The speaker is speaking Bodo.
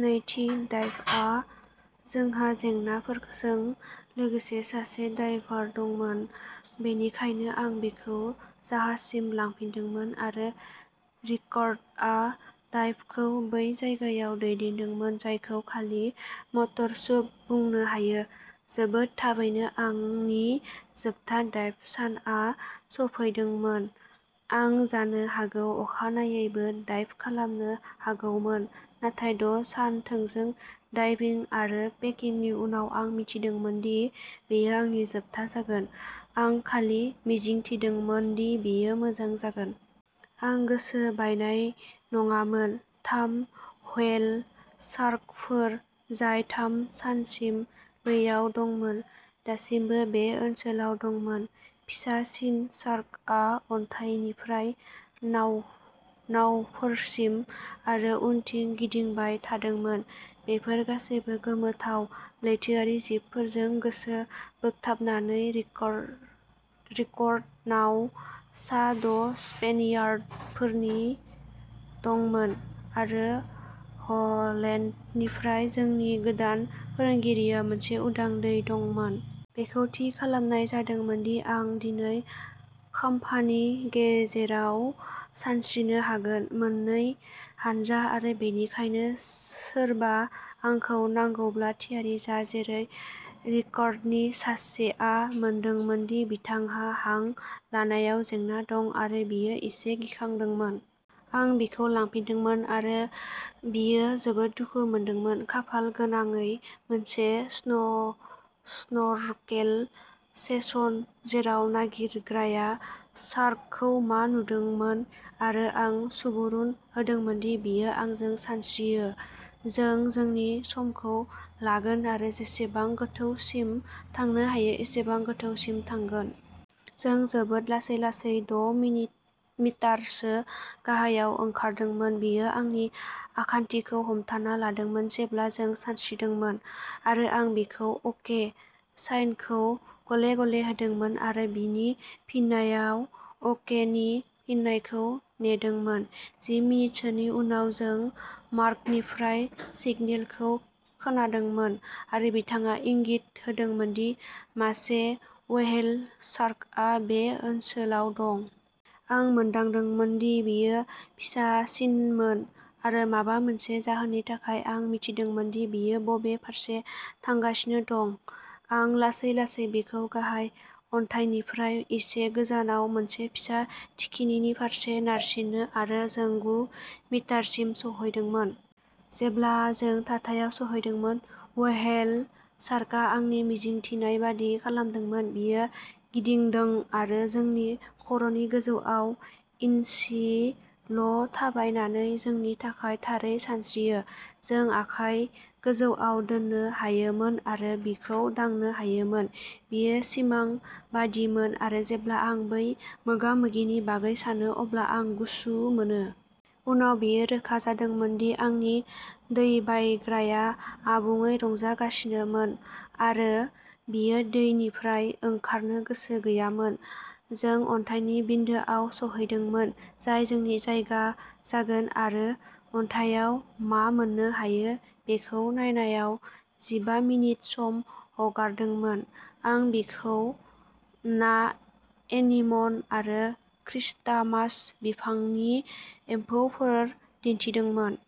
नैथि डाइभआव जोंहा जेंनाफोरजों लोगोसे सासे डायभार दंमोन, बेनिखायनो आं बिखौ जाहाजसिम लांफिनदोंमोन आरो रिकार्ड'आ डाइभखौ बै जायगायाव दैदेनदोंमोन जायखौ खालि मटर सुप बुंनो हायो। जोबोद थाबैनो आंनि जोबथा डाइभ सानआ सौफैदोंमोन। आं जानो हागौ अखानायैबो डाइभ खालामनो हागौमोन, नाथाय द' सान थोंजों डाइभिं आरो पेकिंनि उनाव आं मिथिदोंमोन दि बेयो आंनि जोबथा जागोन, आं खालि मिजिंथिदोंमोन दि बेयो मोजां जागोन। आं गोसो बायनाय नङामोन, थाम व्हेल शार्कफोर, जाय थाम सानसिम बैयाव दंमोन, दासिमबो बे ओनसोलाव दंमोन। फिसासिन शार्कआ अन्थाइनिफ्राय नाव नावफोरसिम आरो उनथिं गिदिंबाय थादोंमोन, बेफोर गासैबो गोमोथाव लैथोआरि जिबफोरजों गोसो बोगथाबनानै रिकर्ड रिकर्ड'नाव सा द' स्पेनियार्डफोरनि दंमोन आरो ह'लेन्डनिफ्राय जोंनि गोदान फोरोंगिरिया मोनसे उदां दै दंमोन। बेखौ थि खालामनाय जादोंमोन दि आं दिनै खाम्फानि गेजेराव सानस्रिनो हागोन। मोननै हानजा आरो बेनिखायनो सोरबा आंखौ नांगौब्ला थियारि जा। जेरै रिकार्ड'नि सासेआ मोनदोंमोन दि बिथांहा हां लानायाव जेंना दं आरो बियो एसे गिखांदोंमोन। आं बिखौ लांफिनदोंमोन आरो बियो जोबोद दुखु मोनदोंमोन, खाफाल गोनाङै मोनसे स्न स्नर्केल सेसन जेराव नागिरग्राया शार्कखौ मा नुदोंमोन आरो आं सुबुरुन होदोंमोन दि बियो आंजों सानस्रियो, जों जोंनि समखौ लागोन आरो जेसेबां गोथौसिम थांनो हायो एसेबां गोथौसिम थांगोन। जों जोबोद लासै लासै द' मिनिट मिटारसो गाहायाव ओंखारदोंमोन, बियो आंनि आखान्थिखौ हमथाना लादोंमोन जेब्ला जों सानस्रिदोंमोन आरो आं बिखौ "अके" साइनखौ गले-गले होदोंमोन आरो बिनि फिननायाव "अके" नि फिननायखौ नेदोंमोन। जि मिनिटसोनि उनाव जों मार्कनिफ्राय सिगनेलखौ खोनादोंमोन आरो बिथाङा इंगित होदोंमोन दि मासे अहेल शार्कआ बे ओनसोलाव दं। आं मोनदांदोंमोन दि बेयो फिसासिनमोन आरो माबा मोनसे जाहोननि थाखाय आं मिथिदोंमोन दि बियो बबे फारसे थांगासिनो दं। आं लासै-लासै बिखौ गाहाय अन्थाइनिफ्राय एसे गोजानाव मोनसे फिसा थिखिनि फारसे नारसिनो आरो जों गु मिटारसिम सौहैदोंमोन। जेब्ला जों थाथायाव सौहैदोंमोन, व्हेल शार्कआ आंनि मिजिंथिनाय बायदि खालामदोंमोन, बियो गिदिंदों आरो जोंनि खर'नि गोजौआव इनसि ल' थाबायनानै जोंनि थाखाय थारै सानस्रियो। जों आखाइ गोजौआव दोननो हायोमोन आरो बिखौ दांनो हायोमोन। बेयो सिमां बायदिमोन आरो जेब्ला आं बै मोगा-मोगिनि बागै सानो अब्ला आं गुसु मोनो। उनाव बेयो रोखा जादोंमोन दि आंनि दैबायग्राया आबुङै रंजागासिनोमोन आरो बियो दैनिफ्राय ओंखारनो गोसो गैयामोन। जों अन्थाइनि बिन्दोआव सौहैदोंमोन जाय जोंनि जायगा जागोन आरो अन्थाइआव मा मोन्नो हायो बेखौ नायनायाव जिबा मिनिट सम हगारदोंमोन। आं बिखौ ना, एनिमन आरो क्रिस्टामास बिफांनि एम्फौफोर दिन्थिदोंमोन।